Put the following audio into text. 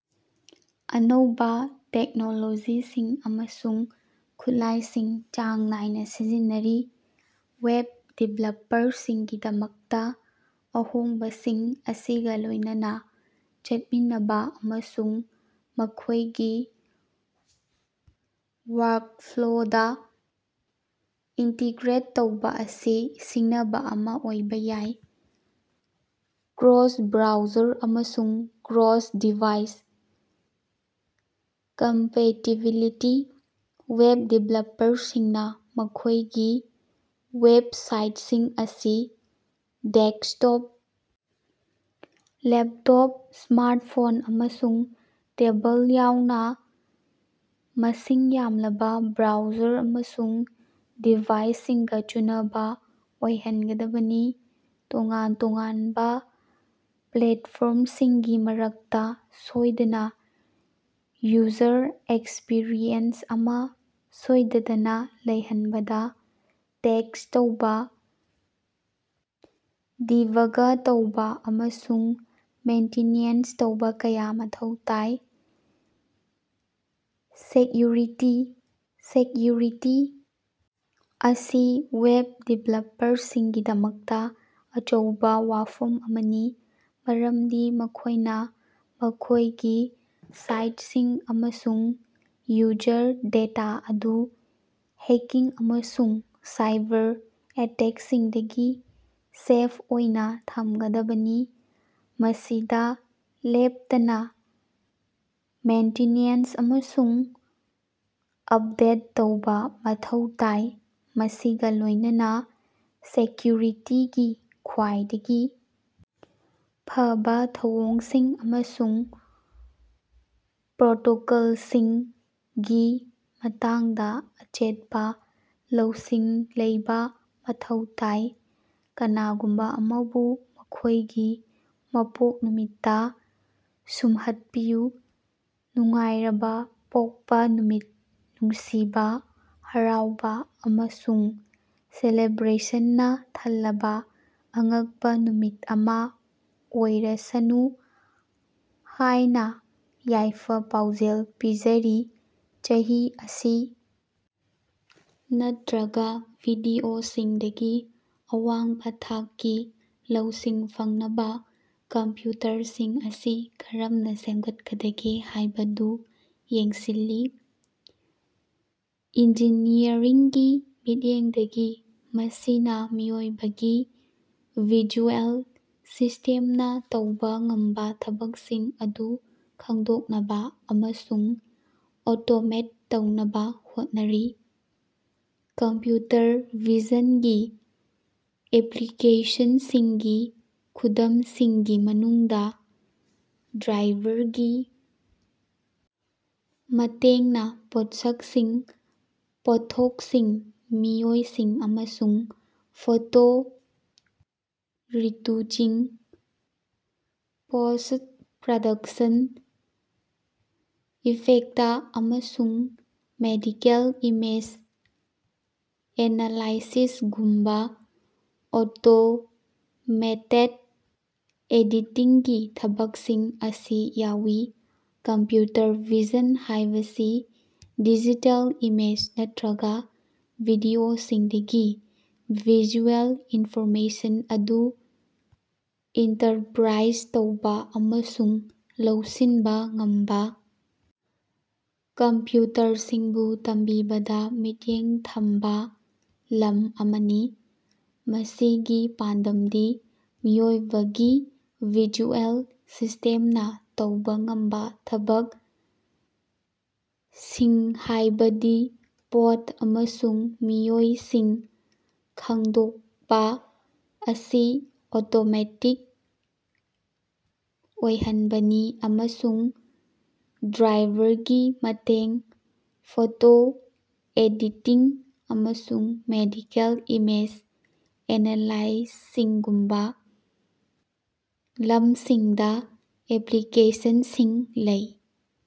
ꯑꯅꯧꯕꯥ ꯇꯦꯛꯅꯣꯂꯣꯖꯤꯁꯤꯡ ꯑꯃꯁꯨꯡ ꯈꯨꯠꯂꯥꯢꯁꯤꯡ ꯆꯥꯡ ꯅꯥꯏꯅꯥ ꯁꯤꯖꯤꯟꯅꯔꯤ꯫ ꯋꯦꯕ ꯗꯤꯕꯦꯂꯞꯄꯔꯁꯤꯡꯒꯤꯗꯃꯛꯇꯥ ꯑꯍꯣꯡꯕꯁꯤꯡ ꯑꯁꯤꯒꯥ ꯂꯣꯢꯅꯅꯥ ꯆꯠꯃꯤꯟꯅꯕꯥ ꯑꯃꯁꯨꯡ ꯃꯈꯣꯢꯒꯤ ꯋꯥꯔꯀꯐ꯭ꯂꯣꯗꯥ ꯏꯟꯇꯤꯒ꯭ꯔꯦꯠ ꯇꯧꯕꯥ ꯑꯁꯤ ꯁꯤꯡꯅꯕꯥ ꯑꯃꯥ ꯑꯣꯏꯕꯥ ꯌꯥꯏ꯫ ꯀ꯭ꯔꯣꯁ-ꯕ꯭ꯔꯥꯎꯖꯔ ꯑꯃꯁꯨꯡ ꯀ꯭ꯔꯣꯁ-ꯗꯤꯚꯥꯏꯁ ꯀꯝꯄꯦꯇꯤꯕꯤꯂꯤꯇꯤ: ꯋꯦꯕ ꯗꯤꯚꯦꯂꯞꯄꯔꯁꯤꯡꯅꯥ ꯃꯈꯣꯢꯒꯤ ꯋꯦꯕꯁꯥꯏꯇꯁꯤꯡ ꯑꯁꯤ ꯗꯦꯛꯁꯇꯣꯞ, ꯂꯦꯞꯇꯣꯞ, ꯁ꯭ꯃꯥꯔꯇꯐꯣꯟ ꯑꯃꯁꯨꯡ ꯇꯦꯕꯜ ꯌꯥꯎꯅꯥ ꯃꯁꯤꯡ ꯌꯥꯝꯂꯕꯥ ꯕ꯭ꯔꯥꯎꯖꯔ ꯑꯃꯁꯨꯡ ꯗꯤꯚꯥꯏꯁꯁꯤꯡꯒꯥ ꯆꯨꯅꯕꯥ ꯑꯣꯏꯍꯟꯒꯗꯕꯅꯤ꯫ ꯇꯣꯉꯥꯟ-ꯇꯣꯉꯥꯟꯕꯥ ꯄ꯭ꯂꯦꯇꯐꯣꯔꯝꯁꯤꯡꯒꯤ ꯃꯔꯛꯇꯥ ꯁꯣꯢꯗꯅꯥ ꯌꯨꯖꯔ ꯑꯦꯛꯁꯄꯤꯔꯤꯑꯦꯟꯁ ꯑꯃꯥ ꯁꯣꯏꯗꯅꯥ ꯂꯩꯍꯟꯕꯗꯥ ꯇꯦꯁ꯭ꯠ ꯇꯧꯕꯥ ꯗꯤꯕꯒ ꯇꯧꯕꯥ ꯑꯃꯁꯨꯡ ꯃꯦꯟꯇꯤꯅꯦꯟꯁ ꯇꯧꯕꯥ ꯀꯌꯥ ꯃꯊꯧ ꯇꯥꯏ꯫ ꯁꯦꯛꯌꯨꯔꯤꯇꯤ: ꯁꯦꯛꯌꯨꯔꯤꯇꯤ ꯑꯁꯤ ꯋꯦꯕ ꯗꯤꯚꯦꯂꯄꯔꯁꯤꯡꯒꯤꯗꯃꯛꯇꯥ ꯑꯆꯧꯕꯥ ꯋꯥꯐꯝ ꯑꯃꯅꯤ ꯃꯔꯝꯗꯤ ꯃꯈꯣꯢꯅꯥ ꯃꯈꯣꯢꯒꯤ ꯁꯥꯏꯠꯁꯤꯡ ꯑꯃꯁꯨꯡ ꯌꯨꯖꯔ ꯗꯦꯇꯥ ꯑꯗꯨ ꯍꯦꯛꯀꯤꯡ ꯑꯃꯁꯨꯡ ꯁꯥꯏꯕꯔ ꯑꯦꯇꯦꯛꯁꯤꯡꯗꯒꯤ ꯁꯦꯐ ꯑꯣꯏꯅꯥ ꯊꯃꯒꯗꯕꯅꯤ꯫ ꯃꯁꯤꯗꯥ ꯂꯦꯞꯇꯅꯥ ꯃꯦꯟꯇꯤꯅꯦꯟꯁ ꯑꯃꯁꯨꯡ ꯎꯞꯗꯦꯠ ꯇꯧꯕꯥ ꯃꯊꯧ ꯇꯥꯏ ꯃꯁꯤꯒꯥ ꯂꯣꯢꯅꯅꯥ ꯁꯦꯛꯀ꯭ꯌꯨꯔꯤꯇꯤꯒꯤ ꯈ꯭ꯋꯥꯏꯗꯒꯤ ꯐꯕꯥ ꯊꯧꯑꯣꯡꯁꯤꯡ ꯑꯃꯁꯨꯡ ꯄ꯭ꯔꯣꯇꯣꯀꯣꯜꯁꯤꯡꯒꯤ ꯃꯇꯥꯡꯗꯥ ꯑꯆꯦꯠꯄꯥ ꯂꯧꯁꯤꯡ ꯂꯩꯕꯥ ꯃꯊꯧ ꯇꯥꯏ꯫ ꯀꯅꯥꯒꯨꯝꯕꯥ ꯑꯃꯕꯨ ꯃꯈꯣꯢꯒꯤ ꯃꯄꯣꯛ ꯅꯨꯃꯤꯠꯇꯥ ꯁꯨꯝꯍꯠꯄꯤꯌꯨ꯫ ꯅꯨꯡꯉꯥꯏꯔꯕ ꯄꯣꯛꯄ ꯅꯨꯃꯤꯠ ꯅꯨꯡꯁꯤꯕꯥ, ꯍꯔꯥꯎꯕꯥ ꯑꯃꯁꯨꯡ ꯁꯦꯂꯦꯕ꯭ꯔꯦꯁꯟꯅꯥ ꯊꯜꯂꯕꯥ ꯑꯉꯛꯄꯥ ꯅꯨꯃꯤꯠ ꯑꯃꯥ ꯑꯣꯏꯔꯁꯅꯨ ꯍꯥꯌꯅꯥ ꯌꯥꯏꯐ-ꯄꯥꯎꯖꯦꯜ ꯄꯤꯖꯔꯤ꯫ ꯆꯍꯤ ꯑꯁꯤ ꯅꯠꯇ꯭ꯔꯒꯥ ꯚꯤꯗꯤꯑꯣꯁꯤꯡꯗꯒꯤ ꯑꯋꯥꯡꯕꯥ ꯊꯥꯛꯀꯤ ꯂꯧꯁꯤꯡ ꯐꯪꯅꯕꯥ ꯀꯝꯄ꯭ꯌꯨꯇꯔꯁꯤꯡ ꯑꯁꯤ ꯀꯔꯝꯅꯥ ꯁꯦꯃꯒꯠꯀꯗꯒꯦ ꯍꯥꯢꯕꯗꯨ ꯌꯦꯡꯁꯤꯜꯂꯤ꯫ ꯏꯟꯖꯤꯅꯤꯌꯔꯤꯡꯒꯤ ꯃꯤꯠꯌꯦꯡꯗꯒꯤ ꯃꯁꯤꯅꯥ ꯃꯤꯑꯣꯏꯕꯒꯤ ꯚꯤꯖꯨꯑꯦꯜ ꯁꯤꯁꯇꯦꯝꯅꯥ ꯇꯧꯕꯥ ꯉꯝꯕꯥ ꯊꯕꯛꯁꯤꯡ ꯑꯗꯨ ꯈꯪꯗꯣꯛꯅꯕꯥ ꯑꯃꯁꯨꯡ ꯑꯣꯇꯣꯃꯦꯠ ꯇꯧꯅꯕꯥ ꯍꯣꯠꯅꯔꯤ꯫ ꯀꯝꯄ꯭ꯌꯨꯇꯔ ꯚꯤꯖꯟꯒꯤ ꯑꯦꯄ꯭ꯂꯤꯀꯦꯁꯅꯁꯤꯡꯒꯤ ꯈꯨꯗꯝꯁꯤꯡꯒꯤ ꯃꯅꯨꯡꯗꯥ ꯗ꯭ꯔꯥꯏꯚꯔꯒꯤ ꯃꯇꯦꯡꯅꯥ ꯄꯣꯠꯁꯛꯁꯤꯡ, ꯄꯣꯠꯊꯣꯛꯁꯤꯡ, ꯃꯤꯑꯣꯏꯁꯤꯡ ꯑꯃꯁꯨꯡ ꯐꯣꯇꯣ ꯔꯤꯇꯨꯆꯤꯡ, ꯄꯣꯁ꯭ꯠ-ꯄ꯭ꯔꯗꯛꯁꯟ ꯏꯐꯦꯛꯇ ꯑꯃꯁꯨꯡ ꯃꯦꯗꯤꯀꯦꯜ ꯏꯃꯦꯖ ꯑꯦꯅꯥꯂꯥꯏꯁꯤꯁꯒꯨꯝꯕꯥ ꯑꯣꯇꯣꯃꯦꯇꯦꯗ ꯑꯦꯗꯤꯇꯤꯡꯒꯤ ꯊꯕꯛꯁꯤꯡ ꯑꯁꯤ ꯌꯥꯎꯏ꯫ ꯀꯝꯄ꯭ꯌꯨꯇꯔ ꯚꯤꯖꯟ ꯍꯥꯢꯕꯁꯤ ꯗꯤꯖꯤꯇꯦꯜ ꯏꯃꯦꯖ ꯅꯠꯇ꯭ꯔꯒꯥ ꯚꯤꯗꯤꯑꯣꯁꯤꯡꯗꯒꯤ ꯚꯤꯖꯨꯑꯦꯜ ꯏꯟꯐꯣꯔꯃꯦꯁꯟ ꯑꯗꯨ ꯏꯟꯇꯔꯄ꯭ꯔꯥꯏꯖ ꯇꯧꯕꯥ ꯑꯃꯁꯨꯡ ꯂꯧꯁꯤꯟꯕꯥ ꯉꯝꯕꯥ ꯀꯝꯄ꯭ꯌꯨꯇꯔꯁꯤꯡꯕꯨ ꯇꯝꯕꯤꯕꯗꯥ ꯃꯤꯠꯌꯦꯡ ꯊꯝꯕꯥ ꯂꯝ ꯑꯃꯅꯤ꯫ ꯃꯁꯤꯒꯤ ꯄꯥꯟꯗꯝꯗꯤ ꯃꯤꯑꯣꯏꯕꯒꯤ ꯚꯤꯖꯨꯑꯦꯜ ꯁꯤꯁ꯭ꯇꯦꯃꯅꯥ ꯇꯧꯕꯥ ꯉꯝꯕꯥ ꯊꯕꯛ ꯁꯤꯡꯍꯥꯢꯕꯗꯤ ꯄꯣꯠ ꯑꯃꯁꯨꯡ ꯃꯤꯑꯣꯏꯁꯤꯡ ꯈꯪꯗꯣꯀꯄꯥ ꯑꯁꯤ ꯑꯣꯇꯣꯃꯦꯇꯤꯛ ꯑꯣꯏꯍꯟꯕꯅꯤ ꯑꯃꯁꯨꯡ ꯗ꯭ꯔꯥꯏꯚꯔꯒꯤ ꯃꯇꯦꯡ, ꯐꯣꯇꯣ ꯑꯦꯗꯤꯇꯤꯡ, ꯑꯃꯁꯨꯡ ꯃꯦꯗꯤꯀꯦꯜ ꯏꯃꯦꯖ ꯑꯦꯅꯥꯂꯥꯏꯁꯤꯁꯒꯨꯝꯕꯥ ꯂꯝꯁꯤꯡꯗꯥ ꯑꯦꯄ꯭ꯂꯤꯀꯦꯁꯟꯁꯤꯡ ꯂꯩ꯫